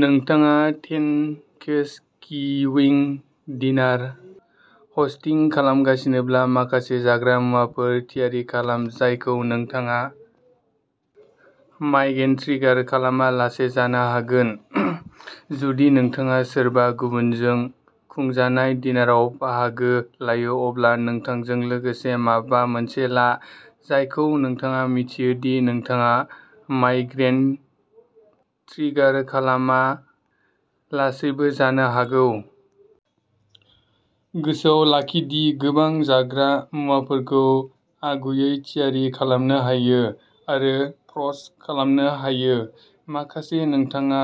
नोंथाङा Thanksgiving dinner hosting खालामगासिनोब्ला माखासे जाग्रा मुवाफोर थियारि खालाम, जायखौ नोंथाङा माइग्रेन ट्रिगार खालामालासै जानो हायो। जुदि नोंथाङा सोरबा गुबुनजों खुंजानाय डिनारआव बाहागो लायो, अब्ला नोंथांजों लोगोसे माबा मोनसे ला, जायखौ नोंथाङा मिथियो दि नोंथाङा माइग्रेन ट्रिगार खालामालासैबो जानो हायो। गोसोआव लाखि दि गोबां जाग्रा मुवाफोरखौ आगुयै थियारि खालामनो हायो आरो फ्र'ज खालामनो हायो। माखासे, नोंथाङा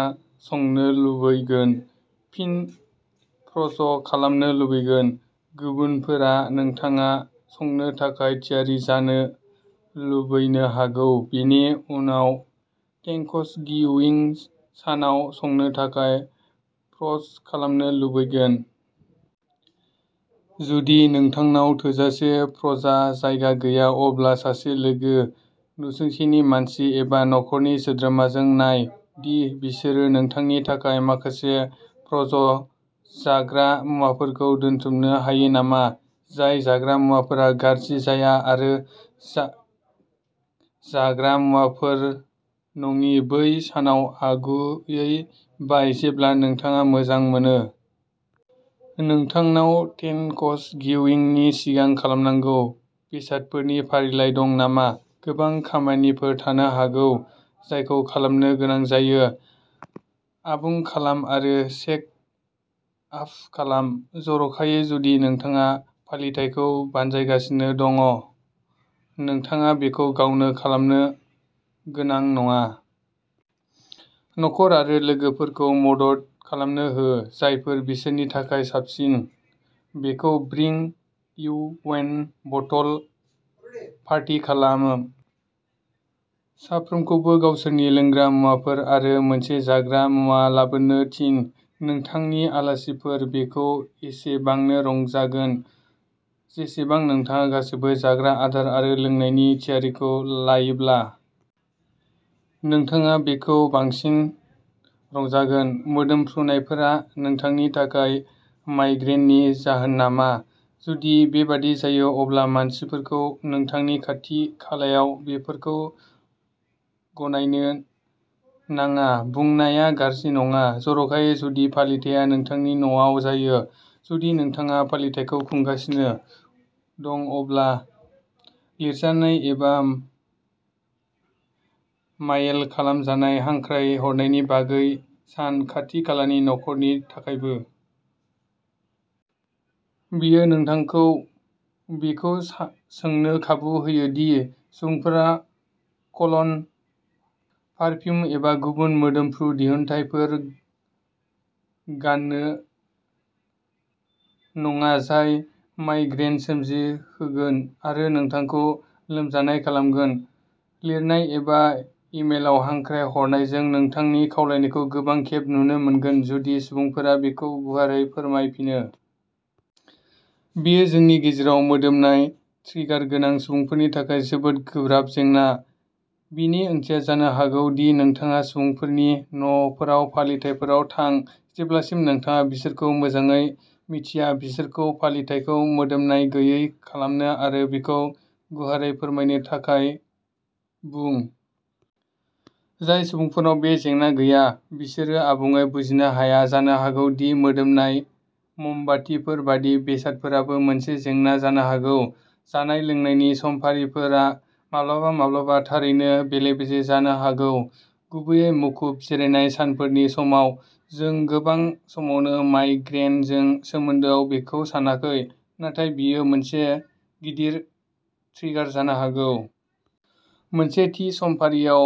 संनो लुबैगोन, फिन फ्र'ज खालामनो लुबैगोन, गुबुनफोरा नोंथाङा संनो थाखाय थियारि जानो लुबैनो हागौ, बेनि उनाव थेंक्सगिविं सानाव संनो थाखाय फ्र'ज खालामनो लुबैगोन। जुदि नोंथांनाव थोजासे फ्र'जार जायगा गैया अब्ला सासे लोगो, नसुंसेनि मानसि एबा नखरनि सोद्रोमाजों नाय दि बिसोरो नोंथांनि थाखाय माखासे फ्र'ज जाग्रा मुवाफोरखौ दोनथुमनो हायो नामा। जाय जाग्रा मुवाफोरा गाज्रि जाया आरो जाग्रा मुवाफोर नङि, बै सानाव आगुयै बाय, जेब्ला नोंथाङा मोजां मोनो। नोंथांनाव थेंक्सगिविंनि सिगां खालामनांगौ बेसादफोरनि फारिलाइ दं नामा? गोबां खामानिफोर थानो हागौ, जायखौ खालामनो गोनां जायो। आबुं खालाम आरो चेक आफ खालाम, जर'खायै जुदि नोंथाङा फालिथायखौ बानजायगासिनो दं। नोंथाङा बेखौ गावनो खालामनो गोनां नङा। नखर आरो लोगोफोरखौ मदद खालामनो हो। जायफोरा बिसोरनि थाखाय साबसिन। बेखौ bring your own bottle party खालाम। साफ्रोमखौबो गावसोरनि लोंग्रा मुवाफोर आरो मोनसे जाग्रा मुवा लाबोनो थिन। नोंथांनि आलासिफोरा बेखौ एसेबांनो रंजागोन जेसेबां नोंथाङा गासैबो जाग्रा आदार आरो लोंनायनि थियारिखौ लायोब्ला। नोंथाङा बेखौ बांसिन रंजागोन। मोदोमफ्रुनायफोरा नोंथांनि थाखाय माइग्रेननि जाहोन नामा? जुदि बेबादि जायो अब्ला मानसिफोरखौ नोंथांनि खाथि खालायाव बेफोरखौ गान्नो नाङा बुंनाया गाज्रि नङा, जर'खायै जुदि फालिथाया नोंथांनि न'आव जायो। जुदि नोंथाङा फालिथायखौ खुंगासिनो दं, अब्ला लिरजानाय एबा इमेल खालामजानाय हांख्रायहरनायनि बागै सान, खाथि-खालानि नखरनि थाखायबो। बेयो नोंथांखौ बेखौ सा सोंनो खाबु होयो दि सुबुंफोरा कल'न, पारकिउम एबा गुबुन मोदोमफ्रु दिहुनथायफोर गान्नो नाङा जाय माइग्रेन सोमजिहोगोन आरो नोंथांखौ लोमजानाय खालामगोन। लिरनाय एबा इमेलआव हांख्रायहरनायजों नोंथांनि खावलायनायखौ गोबां खेब नुनो मोनगोन जुदि सुबुंफोरा बेखौ गुवारै फोरमायफिनो। बेयो जोंनि गेजेराव मोदोमनाय ट्रिगार गोनां सुबुंफोरनि थाखाय जोबोद गोब्राब जेंना। बेनि ओंथिया जानो हागौ दि नोंथाङा सुबुंफोरानि न'फोराव फालिथाइफोराव थाङा, जेब्लासिम नोंथाङा बिसोरखौ मोजाङै मिन्थिया, बिसोरखौ फालिथायखौ मोदोमनाय गैयै खालामनो आरो बेखौ गुवारै फोरमायनो थाखाय बुं। जाय सुबुंफोरनाव बे जेंना गैया, बिसोरो आबुङै बुजिनो हाया जानो हागौ दि मोदोमनाय ममबातिफोर बायदि बेसादफोराबो मोनसे जेंना जानो हागौ। जानाय-लोंनायनि समफारिफोरा माब्लाबा-माब्लाबा थारैनो बेले-बेजे जानो हागौ, गुबैयै मुखुब जिरायनाय सानफोरनि समाव। जों गोबां समावनो माइग्रेनजों सोमोन्दोआव बेखौ सानाखै, नाथाय बेयो मोनसे गिदिर ट्रिगार जानो हागौ। मोनसे थि समफारियाव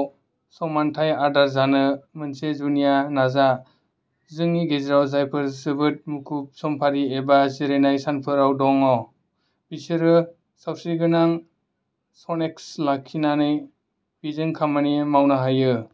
समानथाय आदार जानो मोनसे जुनिया नाजा। जोंनि गेजेराव जायफोरा जोबोद मुखुब समफारि एबा जिरायनाय सानफोराव दं, बिसोरबो सावस्रिगोनां स्नेक्स लाखिनानै बेजों खामानि मावनो हायो।